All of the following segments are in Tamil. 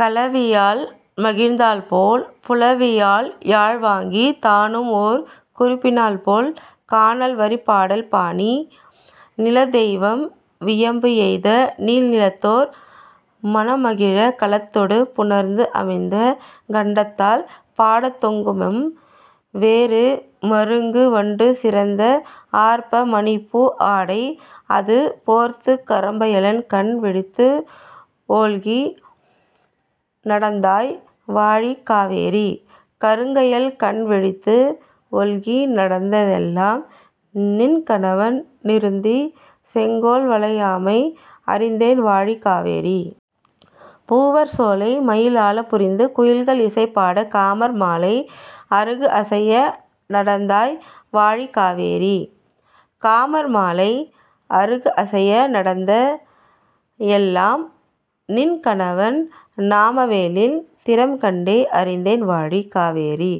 கலவியால் மகிழ்ந்தாள்போல் புலவியால் யாழ்வாங்கித் தானும்ஓர் குறிப்பினள்போல் கானல்வரிப் பாடல்பாணி நிலத்தெய்வம் வியப்புஎய்த நீள்நிலத்தோர் மனம்மகிழக் கலத்தொடு புணர்ந்துஅமைந்த கண்டத்தால் பாடத்தொடங்கும்மன். வேறு மருங்கு வண்டு சிறந்துஆர்ப்ப மணிப்பூ ஆடை அதுபோர்த்துக் கருங்க யல்கண் விழித்துஒல்கி நடந்தாய் வாழி காவேரி. கருங்க யல்கண் விழித்துஒல்கி நடந்த எல்லாம் நின்கணவன் திருந்து செங்கோல் வளையாமை அறிந்தேன் வாழி காவேரி. பூவர் சோலை மயில்ஆலப் புரிந்து குயில்கள் இசைபாடக் காமர் மாலை அருகுஅசைய நடந்தாய் வாழி காவேரி. காமர் மாலை அருகுஅசைய நடந்த எல்லாம் நின்கணவன் நாம வேலின் திறம்கண்டே அறிந்தேன் வாழி காவேரி.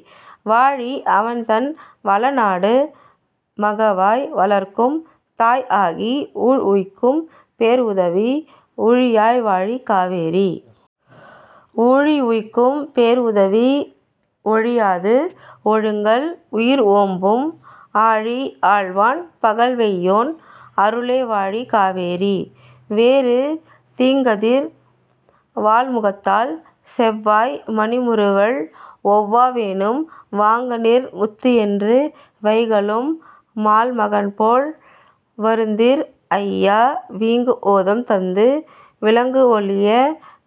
வாழி அவன்தன் வளநாடு மகவாய் வளர்க்கும் தாய்ஆகி ஊழி உய்க்கும் பேர்உதவி ஒழியாய் வாழி காவேரி. ஊழி உய்க்கும் பேர்உதவி ஒழியாது ஒழுகல் உயிர்ஓம்பும் ஆழி ஆள்வான் பகல்வெய்யோன் அருளே வாழி காவேரி. வேறு தீங்கதிர் வாள்முகத்தாள் செவ்வாய் மணிமுறுவல் ஒவ்வா வேனும் வாங்கும்நீர் முத்துஎன்று வைகலும் மால்மகன்போல் வருதிர் ஐய வீங்குஓதம் தந்து விளங்குஒளிய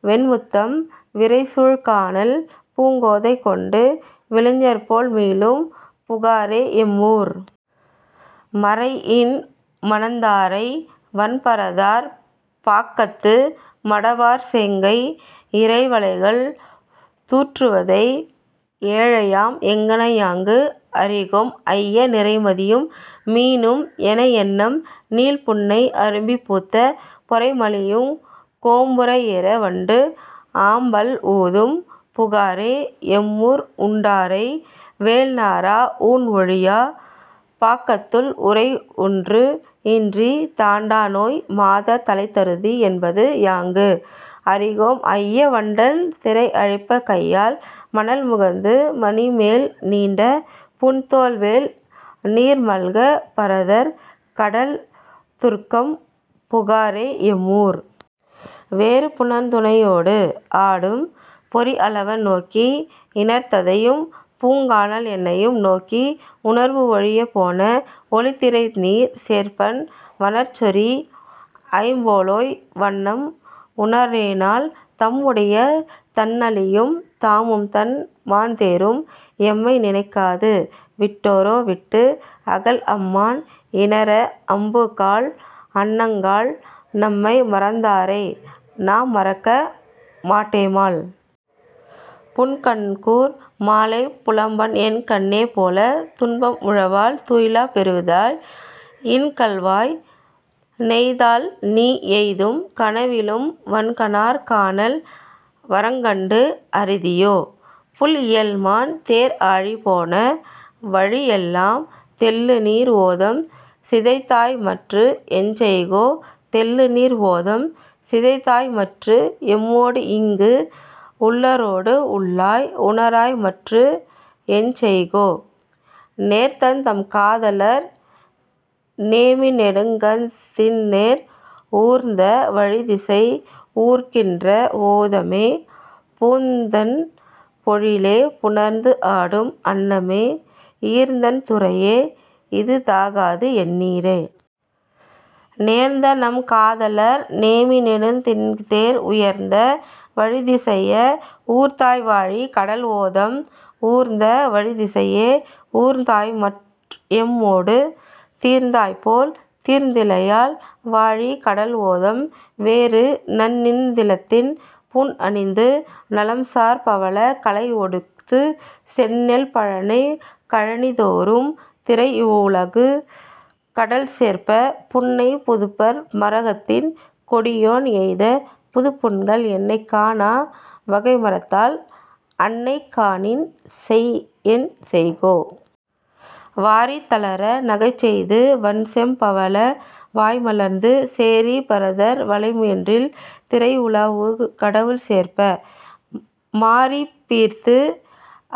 வெண்முத்தம் விரைசூழ் கானல் பூங்கோதை கொண்டு விலைஞர்போல் மீளும் புகாரே எம்மூர். மறையின் மணந்தாரை வன்பரதர் பாக்கத்து மடவார் செங்கை இறைவளைகள் து஡ற்றுவதை ஏழையம் எங்ஙனம்யாங்கு அறிகோம் ஐய நிறைமதியும் மீனும் எனஅன்னம் நீள்புன்னை அரும்பிப் பூத்த பொறைமலிபூங் கொம்புஏற வண்டுஆம்பல் ஊதும் புகாரே எம்மூர். உண்டாரை வெல்நறா ஊண்ஓழியாப் பாக்கத்துள் உறைஒன்று இன்றித் தண்டாநோய் மாதர் தலைத்தருதி என்பதுயாங்கு அறிகோம் ஐய வண்டல் திரைஅழிப்பக் கையால் மணல்முகந்து மதிமேல் நீண்ட புண்தோய்வேல் நீர்மல்க பரதர் கடல்து஡ர்க்கும் புகாரே எம்மூர். வேறு புணர்த்துணையோடு ஆடும் பொறிஅலவன் நோக்கி இணர்த்ததையும் பூங்கானல் என்னையும் நோக்கி உணர்வுஒழியப் போன ஒலிதிரைநீர்ச் சேர்ப்பன் வணர்சுரி ஐம்பாலோய் வண்ணம் உணரேனால். தம்முடைய தண்ணளியும் தாமும்தம் மான்தேரும் எம்மை நினையாது விட்டாரோ விட்டுஅகல்க அம்மென் இணர அடும்புகாள் அன்னங்காள் நம்மை மறந்தாரை நாம்மறக்க மாட்டேமால். புன்கண்கூர் மாலைப் புலம்பும்என் கண்ணேபோல் துன்பம் உழவாய் துயிலப் பெறுதியால் இன்கள்வாய் நெய்தால்நீ எய்தும் கனவினுள் வன்கணார் கானல் வரக்கண்டு அறிதியோ? புள்இயல்மான் தேர்ஆழி போன வழிஎல்லாம் தெள்ளுநீர் ஓதம் சிதைத்தாய்மற்று எஞ்செய்கோ? தெள்ளுநீர் ஓதம் சிதைத்தாய்மற்று எம்மோடுஈங்கு உள்ளாரோடு உள்ளாய் உணராய்மற்று எஞ்செய்கோ? நேர்ந்தநம் காதலர் நேமிநெடுந் திண்தேர் ஊர்ந்த வழிசிதைய ஊர்க்கின்ற ஓதமே பூந்தண் பொழிலே புணர்ந்துஆடும் அன்னமே ஈர்ந்தண் துறையே இதுதகாது என்னீரே. நேர்ந்தநம் காதலர் நேமிநெடுந் திண்தேர் ஊர்ந்த வழிசிதைய ஊர்ந்தாய்வாழி கடல்ஓதம் ஊர்ந்த வழிசிதைய ஊர்ந்தாய்மற் எம்மொடு தீர்ந்தாய்போல் தீர்ந்திலையால் வாழி கடல்ஓதம். வேறு நன்நித் திலத்தின் பூண்அணிந்து நலம்சார் பவளக் கலைஉடுத்துச் செந்நெல் பழனக் கழனிதொறும் திரைஉ லாவு கடல்சேர்ப்ப. புன்னைப் பொதும்பர் மகரத்திண் கொடியோன் எய்த புதுப்புண்கள் என்னைக் காணா வகைமறத்தால் அன்னை காணின் என்செய்கோ? வாரித் தரள நகைசெய்து வண்செம் பவள வாய்மலர்ந்து சேரிப் பரதர் வலைமுன்றில் திரைஉ லாவு கடல்சேர்ப்ப. மாரிப் பீரத்து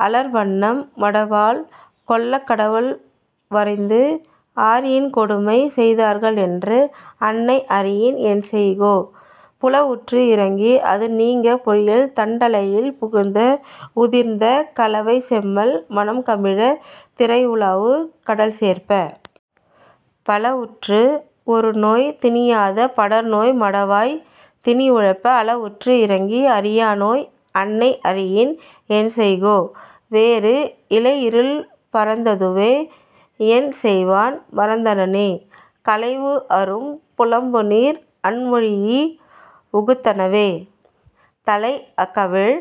அலர்வண்ணம் மடவாள் கொள்ளக் கடவுள்வரைந்து ஆர்இக் கொடுமை செய்தார்என்று அன்னை அறியின் என்செய்கோ? புலவுற்று இரங்கி அதுநீங்கப் பொழில்தண் டலையில் புகுந்துஉதிர்ந்த கலவைச் செம்மல் மணம்கமழத் திரைஉ லாவு கடல்சேர்ப்ப. பலஉற்று ஒருநோய் திணியாத படர்நோய் மடவாள் தனிஉழப்ப அலவுற்று இரங்கி அறியாநோய் அன்னை அறியின் என்செய்கோ? வேறு இளைஇருள் பரந்ததுவே எல்செய்வான் மறைந்தனனே களைவுஅரும் புலம்புநீர் கண்பொழீஇ உகுத்தனவே தளைஅவிழ்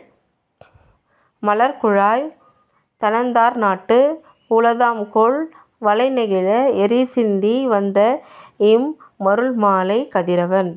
மலர்க்குழலாய் தணந்தார்நாட்டு உளதாம்கொல் வளைநெகிழ எரிசிந்தி வந்தஇம் மருள்மாலை? கதிரவன்